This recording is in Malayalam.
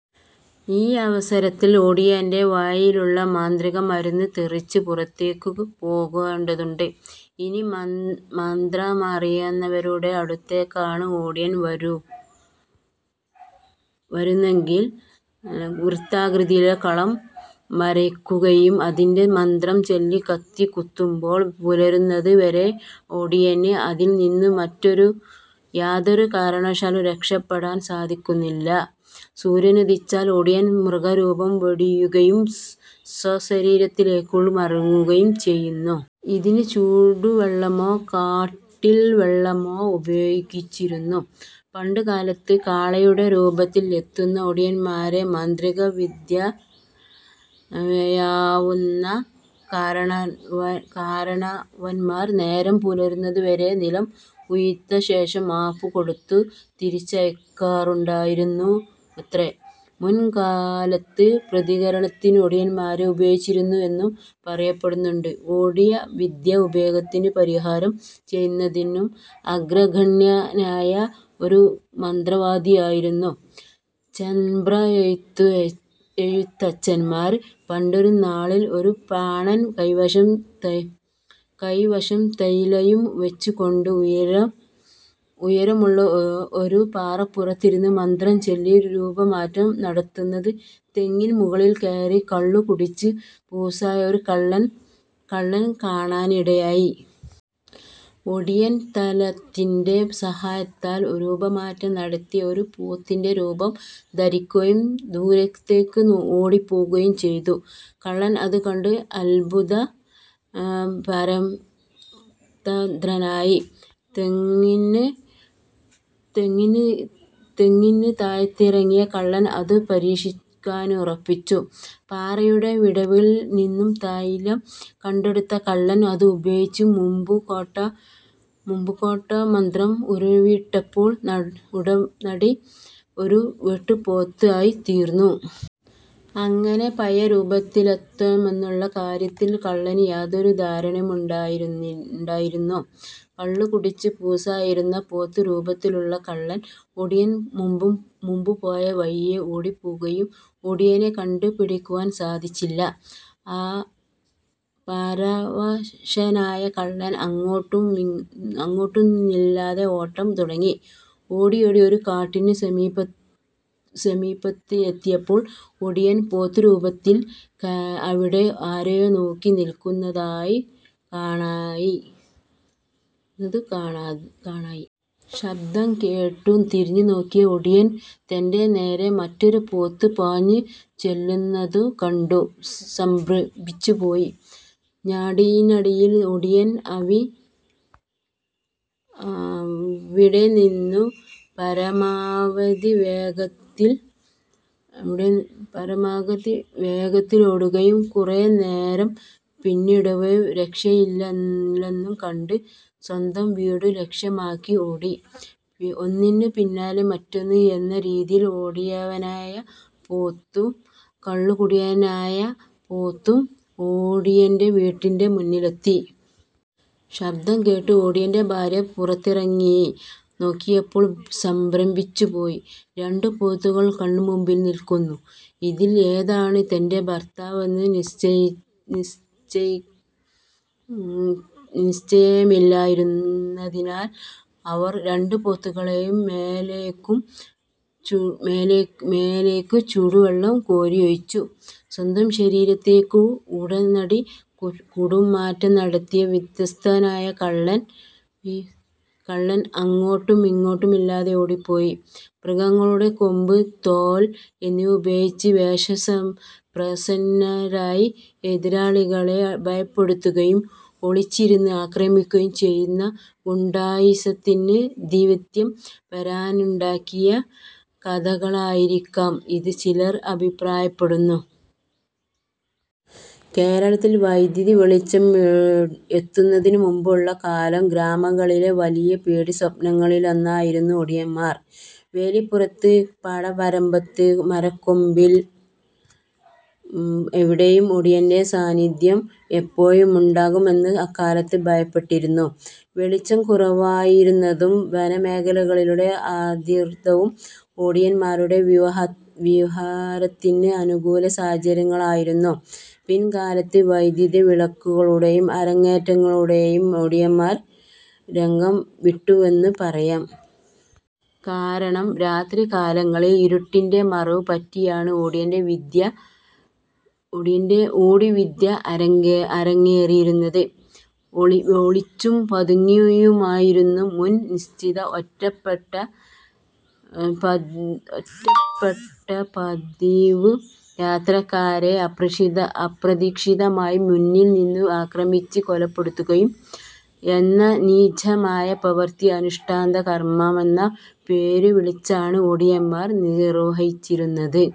ഈ അവസരത്തിൽ ഒടിയന്റെ വായിലുള്ള മാന്തികമരുന്ന് തെറിച്ച് പുറത്തേയ്ക്കു പോകേണ്ടതുണ്ട്. ഇനി മന്ത്രമറിയുന്നവരുടെ അടുത്തേക്കാണ് ഒടിയൻ വരുന്നതെങ്കിൽ, വൃത്താകൃതിയിൽ കളം വരയുകയും അതിൽ മന്ത്രം ചൊല്ലി കത്തി കുത്തുമ്പോൾ പുലരുന്നത് വരെ ഒടിയന് അതിൽ നിന്നും യാതൊരു കാരണവശാലും രക്ഷപെടാൻ സാധിക്കുന്നില്ല. സൂര്യനുദിച്ചാൽ ഒടിയൻ മൃഗരൂപം വെടിയുകയും സ്വശരീരത്തിലേയ്ക്കു മാറുകയും ചെയ്യുന്നു. ഇതിന് ചൂടുവെള്ളമോ കാടിവെള്ളമോ ഉപയോഗിച്ചിരുന്നു. പണ്ടുകാലത്ത് കാളയുടെ രൂപത്തിൽ എത്തുന്ന ഒടിയൻമാരെ മാന്ത്രികവിദ്യറിയാവുന്ന കാരണവന്മാർ നേരം പുലരുന്നതുവരെ നിലം ഉഴുതശേഷം മാപ്പ് കൊടുത്തു തിരിച്ചയയ്ക്കാറുണ്ടായിരുന്നുവത്രേ. മുൻപ് കാലത്ത് പ്രതികാരത്തിന് ഒടിയൻമാരെ ഉപയോഗിച്ചിരുന്നുവെന്നും പറയപ്പെടുന്നുണ്ട്. ഒടിവിദ്യാ പ്രയോഗത്തിനു പരിഹാരം ചെയ്യുന്നതിൽ അഗ്രഗണ്യനായ ഒരു മന്ത്രവാദിയായിരുന്നു ചെമ്പ്രയെഴുത്തച്ഛന്മാർ. പണ്ടൊരു നാളിൽ ഒരു പാണൻ കൈവശം തൈലവും വച്ചുകൊണ്ട് ഉയരമുള്ള ഒരു പാറപ്പുറത്തിരുന്ന് മന്ത്രം ചൊല്ലി രൂപമാറ്റം നടത്തുന്നത് തെങ്ങിൻ മുകളിൽ കയറി കള്ളു കുടിച്ചു പൂസായ ഒരു കള്ളൻ കാണാനിടയായി. ഒടിയൻ, തൈലത്തിന്റെ സഹായത്താൽ രൂപമാറ്റം നടത്തി ഒരു പോത്തിന്റെ രൂപം ധരിക്കുകയും ദൂരേയ്ക്കു് ഓടിപ്പോകുകയും ചെയ്തു. കള്ളൻ ഇതുകണ്ട് അത്ഭുത പരതന്ത്രനായി. തെങ്ങിനു ത്ഴെയിറങ്ങിയ കള്ളൻ ഇതു പരീക്ഷിക്കാനുറച്ചു. പാറയുടെ വിടവിൽനിന്നു തൈലം കണ്ടെടുത്ത കള്ളൻ അതുപയോഗിച്ച് മുമ്പുകേട്ട മന്ത്രം ഉരുവിട്ടപ്പോൾ ഉടനടി ഒരു വെട്ടുപോത്തായിത്തീർന്നു. എങ്ങനെ പഴയ രൂപത്തിലെത്തുമെന്നുള്ള കാര്യത്തിൽ കള്ളനു യാതൊരു ധാരണയുമില്ലായിരുന്നു. കളളുകുടിച്ചു പൂസായിരുന്ന പോത്തു രൂപത്തിലുള്ള കള്ളൻ, ഒടിയൻ മുമ്പു പോയ വഴിയേ ഓടിപ്പോയെങ്കിലും ഒടിയനെ കണ്ടുപിടിക്കുവാൻ സാധിച്ചില്ല. പരവശനായ കള്ളൻ എങ്ങോട്ടെന്നില്ലാതെ ഓട്ടം തുടങ്ങി. ഓടിയോടി ഒരു കാടിനു സമീപമെത്തിയപ്പോൾ ഒടിയൻ പോത്തുരൂപത്തിൽ അവിടെ ആരെയോ നോക്കി നിൽക്കുന്നതു കാണായി. ശബ്ദം കേട്ടു തിരിഞ്ഞുനോക്കിയ ഒടിയൻ തന്റെ നേരേ മറ്റൊരു പോത്ത് പാഞ്ഞുചെല്ലുന്നതു കണ്ടു സംഭ്രമിച്ചുപോയി. ഞൊടിയിടയിൽ ഒടിയൻ അവിടെനിന്നു പരമാവധി വേഗത്തിലോടുകയും ഏറെ ദൂരം പിന്നിടവേ രക്ഷയില്ലെന്നു കണ്ട് സ്വന്തം വീടു ലക്ഷ്യമാക്കി ഓടി. ഒന്നിനു പിന്നാലെ മറ്റൊന്ന് എന്ന രീതിയിൽ ഒടിയനായ പോത്തും കള്ളുകുടിയനായ പോത്തും ഒടിയന്റെ വീടിനു മുന്നിലെത്തി. ശബ്ദം കേട്ട് ഒടിയന്റെ ഭാര്യ പുറത്തിറങ്ങി നോക്കിയപ്പോൾ സംഭ്രമിച്ചു പോയി. രണ്ടു പോത്തുകൾ കൺമുന്നിൽ നിൽക്കുന്നു. ഇതിൽ ഏതാണ് തന്റെ ഭർത്താവെന്നു നിശ്ചയമില്ലാതിരുന്ന അവർ രണ്ടു പോത്തുകളെ മേലേയ്ക്കും ചൂടുവെള്ളം കോരിയൊഴിച്ചു. സ്വന്തം ശരീരത്തിലേയ്ക്കു ഉടനടി കൂടുമാറ്റ നടത്തിയ വിവസ്ത്രനായ കള്ളൻ എങ്ങോട്ടെന്നില്ലാതെ ഓടിപ്പോയി. മൃഗങ്ങളുടെ കൊമ്പ്, തോൽ എന്നിവ ഉപയോഗിച്ച് വേഷപ്രശ്ചന്നരായി എതിരാളികളെ ഭയപ്പെടുത്തുകയും ഒളിച്ചിരുന്ന് ആക്രമിക്കുകയും ചെയ്യുന്ന ഗുണ്ടായിസത്തിന് ദിവ്യത്വം വരുത്താനുണ്ടാക്കിയ കഥകളായിരിക്കാം ഇത് ചിലർ അഭിപ്രായപ്പെടുന്നു. കേരളത്തിൽ വൈദ്യുതി വെളിച്ചം എത്തുന്നതിനു മുമ്പുള്ള കാലം ഗ്രാമങ്ങളിലെ വലിയ പേടിസ്വപ്നങ്ങളിലൊന്നായിരുന്നു ഒടിയന്മാർ. വേലിപ്പുറത്ത്, പാടവരമ്പത്ത്, മരക്കൊമ്പിൽ എവിടെയും ഒടിയന്റെ സാന്നിധ്യം എപ്പോഴുമുണ്ടാകാമെന്ന് അക്കാലത്ത് ഭയപ്പെട്ടിരുന്നു. വെളിച്ചം കുറവായിരുന്നതും വനമേഖലകളുടെ ആധിക്യവും ഒടിന്മാരുടെ വിഹാരത്തിന് അനുകാല സാഹചര്യങ്ങളായിരുന്നു. പിൽക്കാലത്ത് വൈദ്യുത വിളക്കുകളുടെ അരങ്ങേറ്റത്തോടെ ഒടിയന്മാർ രംഗം വിട്ടുവെന്നു പറയാം. കാരണം, രാത്രികാലങ്ങളിൽ ഇരുട്ടിന്റെ മറവു പറ്റിയാണ് ഒടിയന്റെ ഒടി വിദ്യ അരങ്ങേറിയിരുന്നത്. ഒളിച്ചും പതുങ്ങിയുമിരുന്ന് മുൻ നിശ്ചയിച്ച ഒറ്റപ്പെട്ട പതിവു യാത്രക്കാരനെ അപ്രതീക്ഷിതമായി പിന്നിൽ നിന്നും ആക്രമിച്ച് കൊലപ്പെടുത്തുക എന്ന നീചമായ പ്രവൃത്തി, അനുഷ്ഠാന കർമ്മമെന്ന പേരുവിളിച്ചാണ് ഒടിയൻമാർ നിർവ്വഹിച്ചിരുന്നത്.